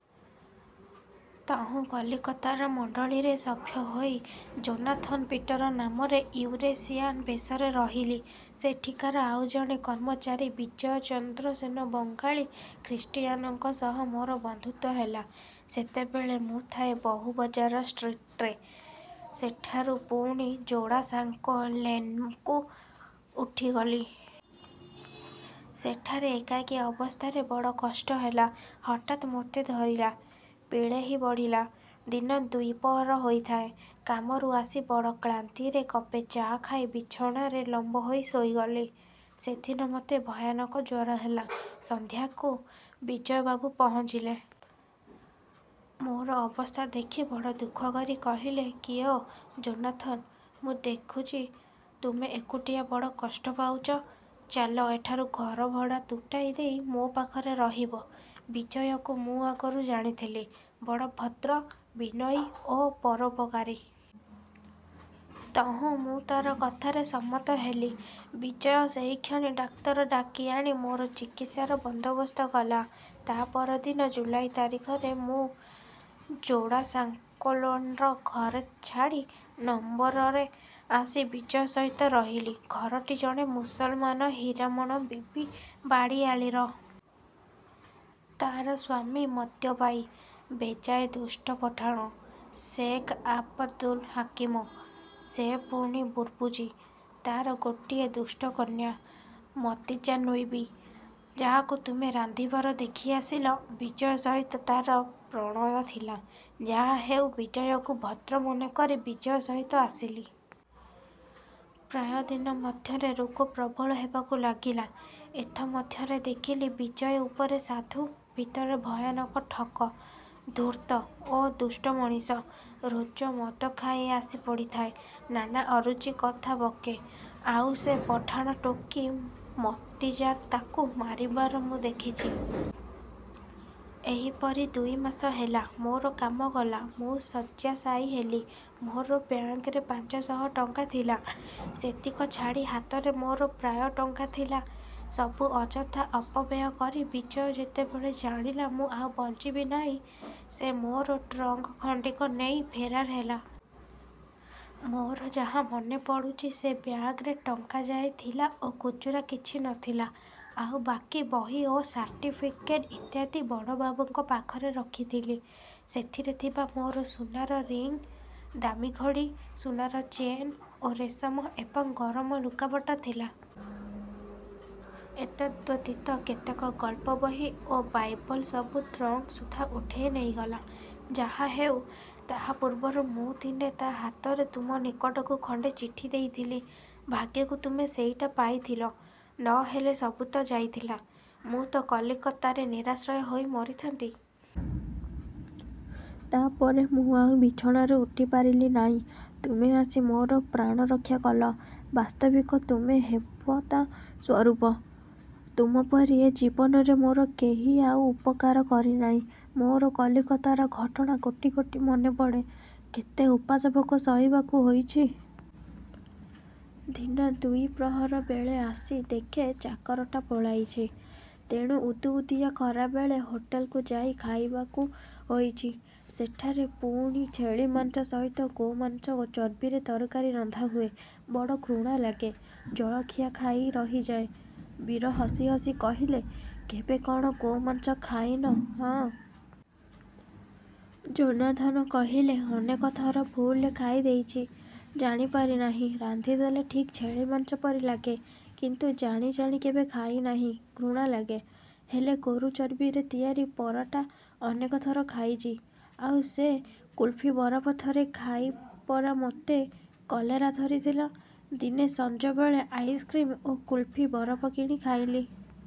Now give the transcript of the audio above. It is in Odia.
ତହୁଁ କଲିକତାର ମଣ୍ଡଳୀରେ ସଭ୍ୟ ହୋଇ ଯୋନାଥନ୍ ପିଟର ନାମରେ ୟୁରେସିଆନ ବେଶରେ ରହିଲି। ସେଠିକାର ଆଉ ଜଣେ କର୍ମଚାରୀ ବିଜୟଚନ୍ଦ୍ର ସେନ ବଙ୍ଗାଳୀ ଖ୍ରୀଷ୍ଟିୟାନଙ୍କ ସହ ମୋର ବନ୍ଧୁତ୍ୱ ହେଲା। ସେତେବେଳେ ମୁଁ ଥାଏ ବହୁବଜାର ଷ୍ଟ୍ରିଟ୍ରେ। ସେଠାରୁ ପୁଣି ଯୋଡ଼ାସାଙ୍କୋ ଲେନ୍କୁ ଉଠିଗଲି। ସେଠାରେ ଏକାକୀ ଅବସ୍ଥାରେ ବଡ଼ କଷ୍ଟ ହେଲା। ହଠାତ୍ ମୋତେ ଧରିଲା। ପିଳେହୀ ବଢ଼ିଲା। ଦିନ ଦ୍ୱିପହର ହୋଇଥାଏ। କାମରୁ ଆସି ବଡ଼ କ୍ଳାନ୍ତିରେ କପେ ଚା' ଖାଇ ବିଛଣାରେ ଲମ୍ୱ ହୋଇ ଶୋଇଗଲି। ସେଦିନ ମୋତେ ଭୟାନକ ଜ୍ୱର ହେଲା। ସନ୍ଧ୍ୟାକୁ ବିଜୟବାବୁ ପହଞ୍ଚିଲେ। ମୋର ଅବସ୍ଥା ଦେଖି ବଡ଼ ଦୁଃଖ କରି କହିଲେ "କିଓ ଯୋନାଥନ, ମୁଁ ଦେଖୁଚି ତୁମେ ଏକୁଟିଆ ବଡ଼ କଷ୍ଟ ପାଉଚ। ଚାଲ ଏଠାରୁ ଘର ଭଡ଼ା ତୁଟାଇ ଦେଇ ମୋ ପାଖରେ ରହିବ। " ବିଜୟକୁ ମୁଁ ଆଗରୁ ଜାଣିଥିଲି। ବଡ଼ ଭଦ୍ର, ବିନୟୀ ଓ ପରୋପକାରୀ। ତହୁଁ ମୁଁ ତାର କଥାରେ ସମ୍ମତ ହେଲି। ବିଜୟ ସେହିକ୍ଷଣି ଡାକ୍ତର ଡାକିଆଣି ମୋର ଚିକିତ୍ସାର ବନ୍ଦୋବସ୍ତ କଲା। ତା ପର ଦିନ ଜୁଲାଇ ତାରିଖ ରେ ମୁଁ ଯୋଡ଼ାସାଙ୍କୋଲେନ୍ର ଘରଛାଡ଼ି ନମ୍ୱର ରେ ଆସି ବିଜୟ ସହିତ ରହିଲି। ଘରଟି ଜଣେ ମୁସଲମାନ ହୀରାମନ ବିବି ବାଡ଼ିଆଲିର। ତାର ସ୍ୱାମୀ ମଦ୍ୟପାୟୀ, ବେଜାଏ ଦୁଷ୍ଟ ପଠାଣ, ଶେକ୍ ଆବଦୁଲ୍ ହାକିମ। ସେ ପୁଣି ବୁର୍ବୁଚି। ତାର ଗୋଟିଏ ଦୁଷ୍ଟ କନ୍ୟା, ମତିଜାନ୍ବିବି। ଯାହାକୁ ତୁମେ ରାନ୍ଧିବାର ଦେଖି ଆସିଲ। ବିଜୟ ସହିତ ତାର ପ୍ରଣୟ ଥିଲା। ଯାହାହେଉ ବିଜୟକୁ ଭଦ୍ର ମନେକରି ବିଜୟ ସହିତ ଆସିଲି। ପ୍ରାୟ ଦିନ ମଧ୍ୟରେ ରୋଗ ପ୍ରବଳ ହେବାକୁ ଲାଗିଲା। ଏଥମଧ୍ୟରେ ଦେଖିଲି ବିଜୟ ଉପରେ ସାଧୁ, ଭିତରେ ଭୟାନକ ଠକ, ଧୂର୍ତ୍ତ ଓ ଦୁଷ୍ଟ ମଣିଷ। ରୋଜ ମଦଖାଇ ଆସି ପଡ଼ିଥାଏ। ନାନା ଅରୁଚି କଥା ବକେ। ଆଉ ସେ ପଠାଣ ଟୋକୀ ମତିଜାନ ତାକୁ ମାରିବାର ମୁଁ ଦେଖିଚି। ଏହିପରି ଦୁଇ ମାସ ହେଲା। ମୋର କାମ ଗଲା। ମୁଁ ଶଯ୍ୟାଶାୟୀ ହେଲି। ମୋର ବ୍ୟାଙ୍କରେ ପାଞ୍ଚଶହ ଟଙ୍କା ଥିଲା। ସେତିକ ଛାଡ଼ି ହାତରେ ମୋର ପ୍ରାୟ ଟଙ୍କା ଥିଲା। ସବୁ ଅଯଥା ଅପବ୍ୟୟ କରି ବିଜୟ ଯେତେବେଳେ ଜାଣିଲା ମୁଁ ଆଉ ବଞ୍ଚିବି ନାଇଁ, ସେ ମୋର ଟ୍ରଙ୍କ ଖଣ୍ଡିକ ନେଇ ଫେରାର୍ ହେଲା। ମୋର ଯାହା ମନେପଡ଼ୁଚି ସେ ବ୍ୟାଗରେ ଟଙ୍କା ଯାଏ ଥିଲା ଓ ଖୁଚୁରା କିଛି ଥିଲା। ଆଉ ବାକି ବହି ଓ ସାର୍ଟିଫିକେଟ ଇତ୍ୟାଦି ବଡ଼ବାବୁଙ୍କ ପାଖରେ ରଖି ଥିଲି। ସେଥିରେଥିବା ମୋର ସୁନାର ରିଂ, ଦାମୀଘଡ଼ି, ସୁନାର ଚେନ୍ ଓ ରେଶମ ଏବଂ ଗରମ ଲୁଗାପଟା ଥିଲା। ଏତଦ୍ବ୍ୟତୀତ କେତେକ ଗଳ୍ପ ବହି ଓ ବାଇବଲ୍ ସବୁ ଟ୍ରଙ୍କ ସୁଦ୍ଧା ଉଠେଇ ନେଇଗଲା। ଯାହାହେଉ, ତାହା ପୂର୍ବରୁ ମୁଁ ଦିନେ ତା'ହାତରେ ତୁମ ନିକଟକୁ ଖଣ୍ଡେ ଚିଠି ଦେଇଥିଲି। ଭାଗ୍ୟକୁ ତୁମେ ସେଇଟା ପାଇଥିଲ, ନ ହେଲେ ସବୁତ ଯାଇଥିଲା। ମୁଁ ତ କାଲିକତାରେ ନିରାଶ୍ରୟ ହୋଇ ମରିଥାନ୍ତି। ତାପରେ ମୁଁ ଆଉ ବିଛଣାରୁ ଉଠି ପାରିଲି ନାଇଁ। ତୁମେ ଆସି ମୋର ପ୍ରାଣରକ୍ଷା କଲ-। ବାସ୍ତବିକ ତୁମେ ହେବତା ସ୍ୱରୂପ। ତୁମପରି ଏ ଜୀବନରେ ମୋର କେହି ଆଉ ଉପକାର କରିନାଇଁ। ମୋର କଲିକତାର ଘଟଣା ଗୋଟି ଗୋଟି ମନେପଡ଼େ। କେତେ ଉପାସ ଭୋକ ସହିବାକୁ ହୋଇଛି। ଦିନ ଦ୍ୱି ପ୍ରହରବେଳେ ଆସି ଦେଖେ, ଚାକରଟା ପଳାଇଛି। ତେଣୁ ଉଦୁଉଦିଆ ଖରାବେଳେ ହୋଟେଲ୍ କୁ ଯାଇ ଖାଇବାକୁ ହୋଇଛି। ସେଠାରେ ପୁଣି ଛେଳିମାଂସ ସହିତ ଗୋମାଂସ ଓ ଚର୍ବିରେ ତରକାରୀ ରନ୍ଧାହୁଏ। ବଡ଼ ଘୃଣା ଲାଗେ। ଜଳଖିଆ ଖାଇ ରହିଯାଏ। ବୀର ହସି ହସି କହିଲେ "କେବେ କଣ ଗୋମାଂସ ଖାଇନ ହଁ? " ଯୋନାଥନ କହିଲେ, "ଅନେକ ଥର ଭୁଲରେ ଖାଇ ଦେଇଛି। ଜାଣି ପାରି ନାହିଁ। ରାନ୍ଧିଦେଲେ ଠିକ୍ ଛେଳିମାଂସ ପରିଲାଗେ, କିନ୍ତୁ ଜାଣି ଜାଣି କେବେ ଖାଇ ନାହିଁ। ଘୃଣାଲାଗେ। ହେଲେ ଗୋରୁ ଚର୍ବିରେ ତିଆରି ପରଟା ଅନେକ ଥର ଖାଇଚି। ଆଉ ସେ କୁଲ୍ଫିବରଫ ଥରେ ଖାଇ ପରା ମୋତେ କଲେରା ଧରିଥିଲା। ଦିନେ ସଞ୍ଜବେଳେ ଆଇସ୍କ୍ରିମ ଓ କୁଲ୍ଫି ବରଫ କିଣି ଖାଇଲି।